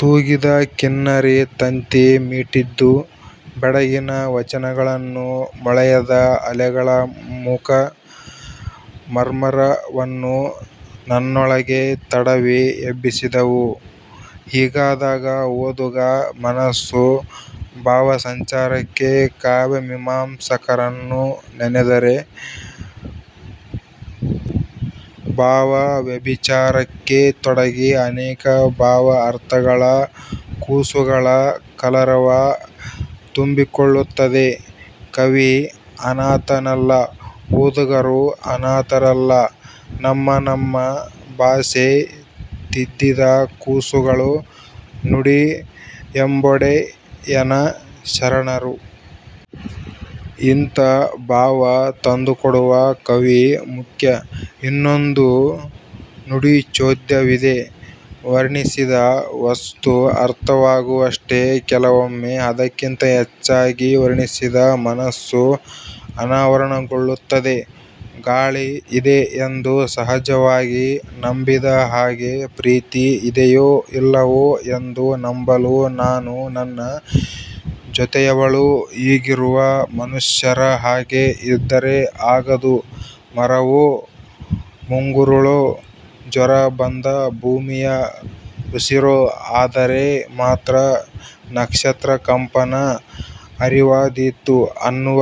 ತೂಗಿದ ಕಿನ್ನರಿ ತಂತಿ ಮೀಟಿದ್ದು, ಬೆಡಗಿನ ವಚನಗಳನ್ನೂ ಮೊಳೆಯದ ಅಲೆಗಳ ಮೂಕ ಮರ್ಮರವನ್ನೂ ನನ್ನೊಳಗೆ ತಡವಿ ಎಬ್ಬಿಸಿದವು. ಹೀಗಾದಾಗ ಓದುಗ ಮನಸ್ಸು ಭಾವಸಂಚಾರಕ್ಕೆ ಕಾವ್ಯಮೀಮಾಂಸಕರನ್ನು ನೆನೆದರೆ ಭಾವವ್ಯಭಿಚಾರಕ್ಕೆ ತೊಡಗಿ ಅನೇಕ ಭಾವ ಅರ್ಥಗಳ ಕೂಸುಗಳ ಕಲರವ ತುಂಬಿಕೊಳ್ಳುತ್ತದೆ. ಕವಿ ಅನಾಥನಲ್ಲ ಓದುಗರೂ ಅನಾಥರಲ್ಲ ನಮ್ಮ ನಮ್ಮ ಭಾಷೆ ತಿದ್ದಿದ ಕೂಸುಗಳು, 'ನುಡಿ'ಎಂಬೊಡೆಯನ ಶರಣರು. ಇಂಥ ಭಾವ ತಂದುಕೊಡುವ ಕವಿ ಮುಖ್ಯ. ಇನ್ನೊಂದು ನುಡಿಚೋದ್ಯವಿದೆ ವರ್ಣಿಸಿದ ವಸ್ತು ಅರ್ಥವಾಗುವಷ್ಟೇ ಕೆಲವೊಮ್ಮೆ ಅದಕ್ಕಿಂತ ಹೆಚ್ಚಾಗಿ ವರ್ಣಿಸಿದ ಮನಸ್ಸು ಅನಾವರಣಗೊಳ್ಳುತ್ತದೆ. ಗಾಳಿ ಇದೆ ಎಂದು ಸಹಜವಾಗಿ ನಂಬಿದ ಹಾಗೆ ಪ್ರೀತಿ ಇದೆಯೋ ಇಲ್ಲವೋ ಎಂದು ನಂಬಲು ನಾನೂ ನನ್ನ ಜೊತೆಯವಳೂ ಈಗಿರುವ ಮನುಷ್ಯರ ಹಾಗೆ ಇದ್ದರೆ ಆಗದು ಮರವೋ ಮುಂಗುರುಳೋ ಜ್ವರಬಂದ ಭೂಮಿಯ ಉಸಿರೋ ಆದರೆ ಮಾತ್ರ ನಕ್ಷತ್ರಕಂಪನ ಅರಿವಾದೀತು ಅನ್ನುವ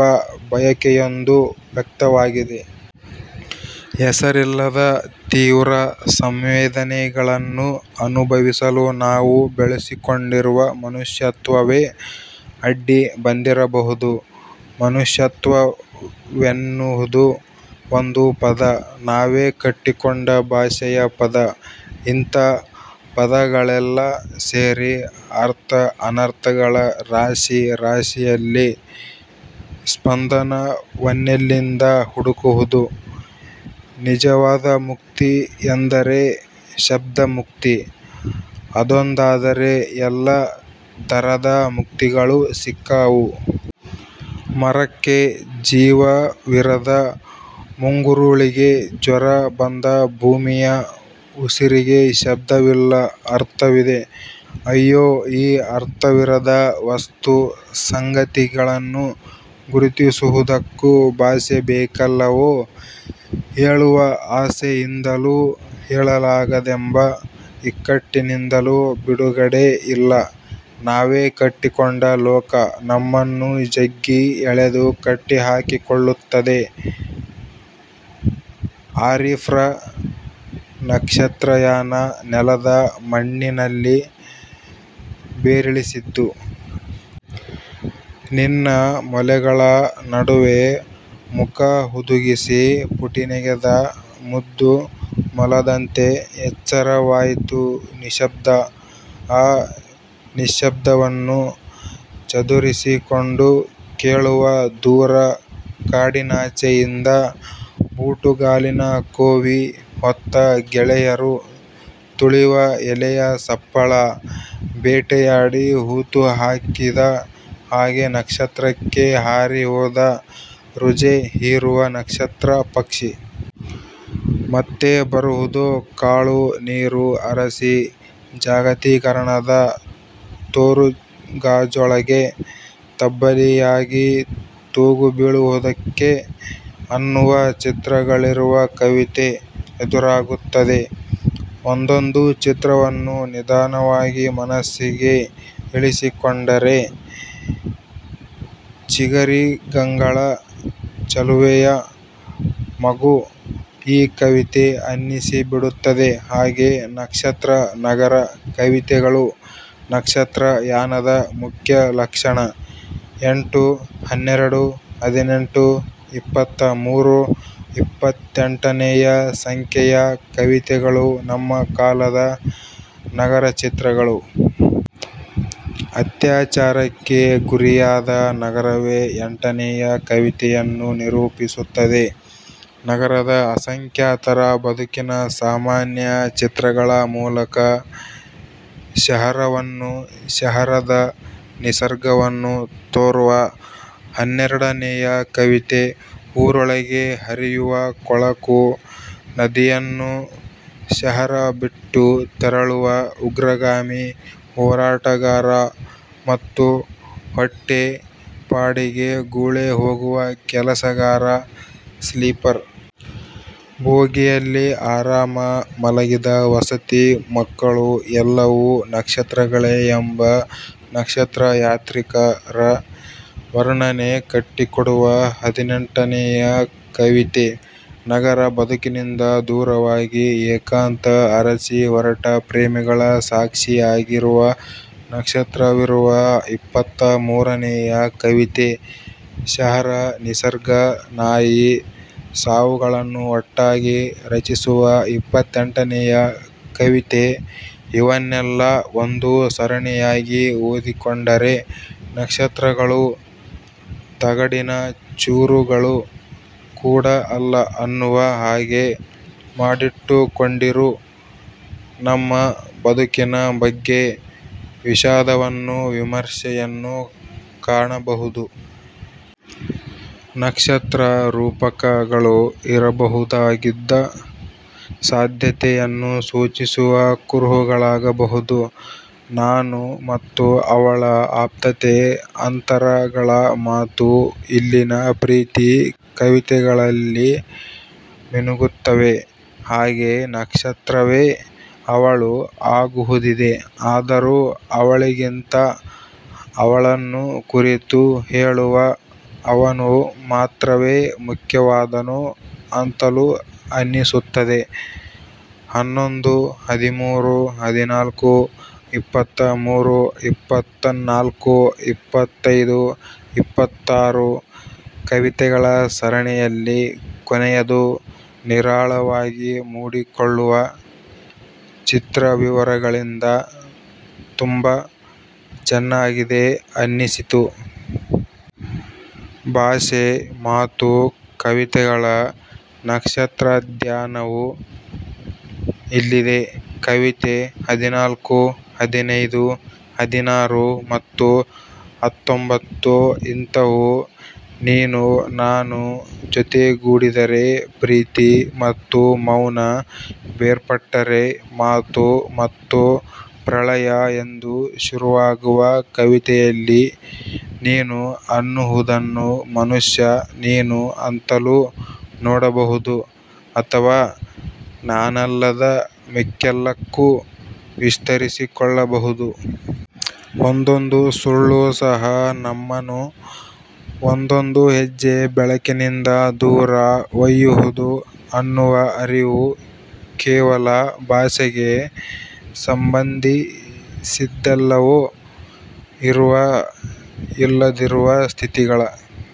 ಬಯಕೆಯೊಂದು ವ್ಯಕ್ತವಾಗಿದೆ. ಹೆಸರಿಲ್ಲದ ತೀವ್ರ ಸಂವೇದನೆಗಳನ್ನು ಅನುಭವಿಸಲು ನಾವು ಬೆಳೆಸಿಕೊಂಡಿರುವ 'ಮನುಷ್ಯತ್ವ'ವೇ ಅಡ್ಡಿ ಬಂದಿರಬಹುದು. ಮನುಷ್ಯತ್ವವೆನ್ನುವುದು ಒಂದು ಪದ, ನಾವೇ ಕಟ್ಟಿಕೊಂಡ ಭಾಷೆಯ ಪದ. ಇಂಥ ಪದಗಳೆಲ್ಲ ಸೇರಿ ಅರ್ಥ ಅನರ್ಥಗಳ ರಾಶಿ ರಾಶಿಯಲ್ಲಿ ಸ್ಪಂದನವನ್ನೆಲ್ಲಿಂದ ಹುಡುಕುವುದು. ನಿಜವಾದ ಮುಕ್ತಿ ಎಂದರೆ ಶಬ್ದಮುಕ್ತಿ. ಅದೊಂದಾದರೆ ಎಲ್ಲ ಥರದ ಮುಕ್ತಿಗಳೂ ಸಿಕ್ಕಾವು. ಮರಕ್ಕೆ ಜೀವವಿರದ ಮುಂಗುರುಳಿಗೆ, ಜ್ವರ ಬಂದ ಭೂಮಿಯ ಉಸಿರಿಗೆ ಶಬ್ದವಿಲ್ಲ ಅರ್ಥವಿದೆ. ಅಯ್ಯೋ ಈ ಅರ್ಥವಿರದ ವಸ್ತು ಸಂಗತಿಗಳನ್ನು ಗುರುತಿಸುವುದಕ್ಕೂ ಭಾಷೆ ಬೇಕಲ್ಲವೋ ಹೇಳುವ ಆಸೆಯಿಂದಲೂ ಹೇಳಲಾಗದೆಂಬ ಇಕ್ಕಟ್ಟಿನಿಂದಲೂ ಬಿಡುಗಡೆ ಇಲ್ಲ. ನಾವೇ ಕಟ್ಟಿಕೊಂಡ ಲೋಕ ನಮ್ಮನ್ನು ಜಗ್ಗಿ ಎಳೆದು ಕಟ್ಟಿಹಾಕಿಕೊಳ್ಳುತ್ತದೆ. ಆರಿಫ್ರ ನಕ್ಷತ್ರ ಯಾನ ನೆಲದ ಮಣ್ಣಿನಲ್ಲಿ ಬೇರಿಳಿಸಿದ್ದು. ನಿನ್ನ ಮೊಲೆಗಳ ನಡುವೆ ಮುಖಹುದುಗಿಸಿ ಪುಟಿನೆಗೆದ ಮುದ್ದು ಮೊಲದಂತೆ ಎಚ್ಚರವಾಯಿತು ನಿಶಬ್ದ. ಆ ನಿಶ್ಶಬ್ದವನ್ನು ಚದುರಿಸಿಕೊಂಡು ಕೇಳುವ ದೂರ ಕಾಡಿನಾಚೆಯಿಂದ ಬೂಟುಗಾಲಿನ ಕೋವಿ ಹೊತ್ತ ಗೆಳೆಯರು ತುಳಿವ ಎಲೆಯ ಸಪ್ಪಳ. ಬೇಟೆಯಾಡಿ ಹೂತು ಹಾಕಿದ ಹಾಗೆ ನಕ್ಷತ್ರಕ್ಕೆ ಹಾರಿ ಹೋದ ರುಜೆ ಹೀರುವ ನಕ್ಷತ್ರ ಪಕ್ಷಿ. ಮತ್ತೆ ಬರುವುದೋ ಕಾಳು ನೀರು ಅರಸಿ ಜಾಗತೀಕರಣದ ತೋರುಗಾಜೊಳಗೆ ತಬ್ಬಲಿಯಾಗಿ ತೂಗುಬೀಳುವುದಕ್ಕೆ ಅನ್ನುವ ಚಿತ್ರಗಳಿರುವ ಕವಿತೆ ಎದುರಾಗುತ್ತದೆ. ಒಂದೊಂದೂ ಚಿತ್ರವನ್ನು ನಿಧಾನವಾಗಿ ಮನಸ್ಸಿಗೆ ಇಳಿಸಿಕೊಂಡರೆ 'ಚಿಗರಿಗಂಗಳ ಚೆಲುವೆ'ಯ ಮಗು ಈ ಕವಿತೆ ಅನ್ನಿಸಿಬಿಡುತ್ತದೆ. ಹಾಗೆ ನಕ್ಷತ್ರ-ನಗರ ಕವಿತೆಗಳು ನಕ್ಷತ್ರ ಯಾನದ ಮುಖ್ಯ ಲಕ್ಷಣ. ಎಂಟು, ಹನ್ನೆರಡು, ಹದಿನೆಂಟು, ಇಪ್ಪತ್ತ ಮೂರು, ಇಪ್ಪತ್ತೆಂಟನೆಯ, ಸಂಖ್ಯೆಯ ಕವಿತೆಗಳು ನಮ್ಮ ಕಾಲದ ನಗರಚಿತ್ರಗಳು. ಅತ್ಯಾಚಾರಕ್ಕೆ ಗುರಿಯಾದ ನಗರವೇ ಎಂಟನೆಯ ಕವಿತೆಯನ್ನು ನಿರೂಪಿಸುತ್ತದೆ. ನಗರದ ಅಸಂಖ್ಯಾತರ ಬದುಕಿನ ಸಾಮಾನ್ಯ ಚಿತ್ರಗಳ ಮೂಲಕ ಶಹರವನ್ನೂ ಶಹರದ ನಿಸರ್ಗವನ್ನೂ ತೋರುವ ಹನ್ನೆರಡನೆಯ ಕವಿತೆ. ಊರೊಳಗೆ ಹರಿಯುವ ಕೊಳಕು ನದಿಯನ್ನೂ, ಶಹರ ಬಿಟ್ಟು ತೆರಳುವ ಉಗ್ರಗಾಮಿ ಹೋರಾಟಗಾರ ಮತ್ತು ಹೊಟ್ಟೆ ಪಾಡಿಗೆ ಗುಳೆಹೋಗುವ ಕೆಲಸಗಾರ ಸ್ಲೀಪರ್ ಬೋಗಿಯಲ್ಲಿ ಆರಾಮ ಮಲಗಿದ ಸವತಿ ಮಕ್ಕಳು ಎಲ್ಲವೂ ನಕ್ಷತ್ರಗಳೇ ಎಂಬ 'ನಕ್ಷತ್ರ ಯಾತ್ರಿಕ'ರ ವರ್ಣನೆ ಕಟ್ಟಿಕೊಡುವ ಹದಿನೆಂಟನೆಯ ಕವಿತೆ, ನಗರ ಬದುಕಿನಿಂದ ದೂರವಾಗಿ ಏಕಾಂತ ಅರಸಿ ಹೊರಟ ಪ್ರೇಮಿಗಳ ಸಾಕ್ಷಿಯಾಗಿರುವ ನಕ್ಷತ್ರವಿರುವ ಇಪ್ಪತ್ತ ಮೂರನೆಯ ಕವಿತೆ, ಶಹರ ನಿಸರ್ಗ ನಾಯಿ ಸಾವುಗಳನ್ನು ಒಟ್ಟಾಗಿ ರಚಿಸುವ ಇಪ್ಪತ್ತೆಂಟನೆಯ ಕವಿತೆ ಇವನ್ನೆಲ್ಲ ಒಂದು ಸರಣಿಯಾಗಿ ಓದಿಕೊಂಡರೆ ನಕ್ಷತ್ರಗಳು ತಗಡಿನ ಚೂರುಗಳು ಕೂಡ ಅಲ್ಲ ಅನ್ನುವ ಹಾಗೆ ಮಾಡಿಟ್ಟುಕೊಂಡಿರು ನಮ್ಮ ಬದುಕಿನ ಬಗ್ಗೆ ವಿಷಾದವನ್ನೂ ವಿಮರ್ಶೆಯನ್ನೂ ಕಾಣಬಹುದು. ನಕ್ಷತ್ರ ರೂಪಕಗಳು ಇರಬಹುದಾಗಿದ್ದ ಸಾಧ್ಯತೆಯನ್ನು ಸೂಚಿಸುವ ಕುರುಹುಗಳಾಗಬಹುದು. 'ನಾನು' ಮತ್ತು 'ಅವಳ' ಆಪ್ತತೆ, ಅಂತರಗಳ ಮಾತೂ ಇಲ್ಲಿನ ಪ್ರೀತಿ ಕವಿತೆಗಳಲ್ಲಿ ಮಿನುಗುತ್ತವೆ; ಹಾಗೇ ನಕ್ಷತ್ರವೇ 'ಅವಳು' ಆಗುವುದಿದೆ. ಆದರೂ ಅವಳಿಗಿಂತ ಅವಳನ್ನು ಕುರಿತು ಹೇಳುವ 'ಅವನು' ಮಾತ್ರವೇ ಮುಖ್ಯವಾದನೋ ಅಂತಲೂ ಅನ್ನಿಸುತ್ತದೆ. ಹನ್ನೊಂದು, ಹದಿಮೂರು, ಹದಿನಾಲ್ಕು, ಇಪ್ಪತ್ತ ಮೂರು, ಇಪ್ಪಾತ್ತ್ನಾಲ್ಕು, ಇಪ್ಪತ್ತೈದು, ಇಪ್ಪತ್ತಾರು ಕವಿತೆಗಳ ಸರಣಿಯಲ್ಲಿ ಕೊನೆಯದು ನಿರಾಳವಾಗಿ ಮೂಡಿಕೊಳ್ಳುವ ಚಿತ್ರವಿವರಗಳಿಂದ ತುಂಬ ಚೆನ್ನಾಗಿದೆ ಅನ್ನಿಸಿತು. ಭಾಷೆ, ಮಾತು, ಕವಿತೆಗಳ ನಕ್ಷತ್ರಧ್ಯಾನವೂ ಇಲ್ಲಿದೆ. ಕವಿತೆ ಹದಿನಾಲ್ಕು ಹದಿನೈದು ಹದಿನಾರು ಮತ್ತು ಹತ್ತೊಂಭತ್ತು ಇಂಥವು. 'ನೀನು-ನಾನು ಜೊತೆಗೂಡಿದರೆ ಪ್ರೀತಿ ಮತ್ತು ಮೌನ; ಬೇರ್ಪಟ್ಟರೆ ಮಾತು ಮತ್ತು ಪ್ರಳಯ' ಎಂದು ಶುರುವಾಗುವ ಕವಿತೆಯಲ್ಲಿ ನೀನು ಅನ್ನುವುದನ್ನು ಮನುಷ್ಯ ನೀನು ಅಂತಲೂ ನೋಡಬಹುದು, ಅಥವ ನಾನಲ್ಲದ ಮಿಕ್ಕೆಲ್ಲಕ್ಕೂ ವಿಸ್ತರಿಸಿಕೊಳ್ಳಬಹುದು. 'ಒಂದೊಂದು ಸುಳ್ಳು ಸಹ ನಮ್ಮನು ಒಂದೊಂದು ಹೆಜ್ಜೆ ಬೆಳಕಿನಿಂದ ದೂರ ಒಯ್ಯುವುದು' ಅನ್ನುವ ಅರಿವು ಕೇವಲ ಭಾಷೆಗೆ ಸಂಬಂಧಿಸಿದ್ದಲ್ಲವೋ ಇರುವ ಇಲ್ಲದಿರುವ ಸ್ಥಿತಿಗಳ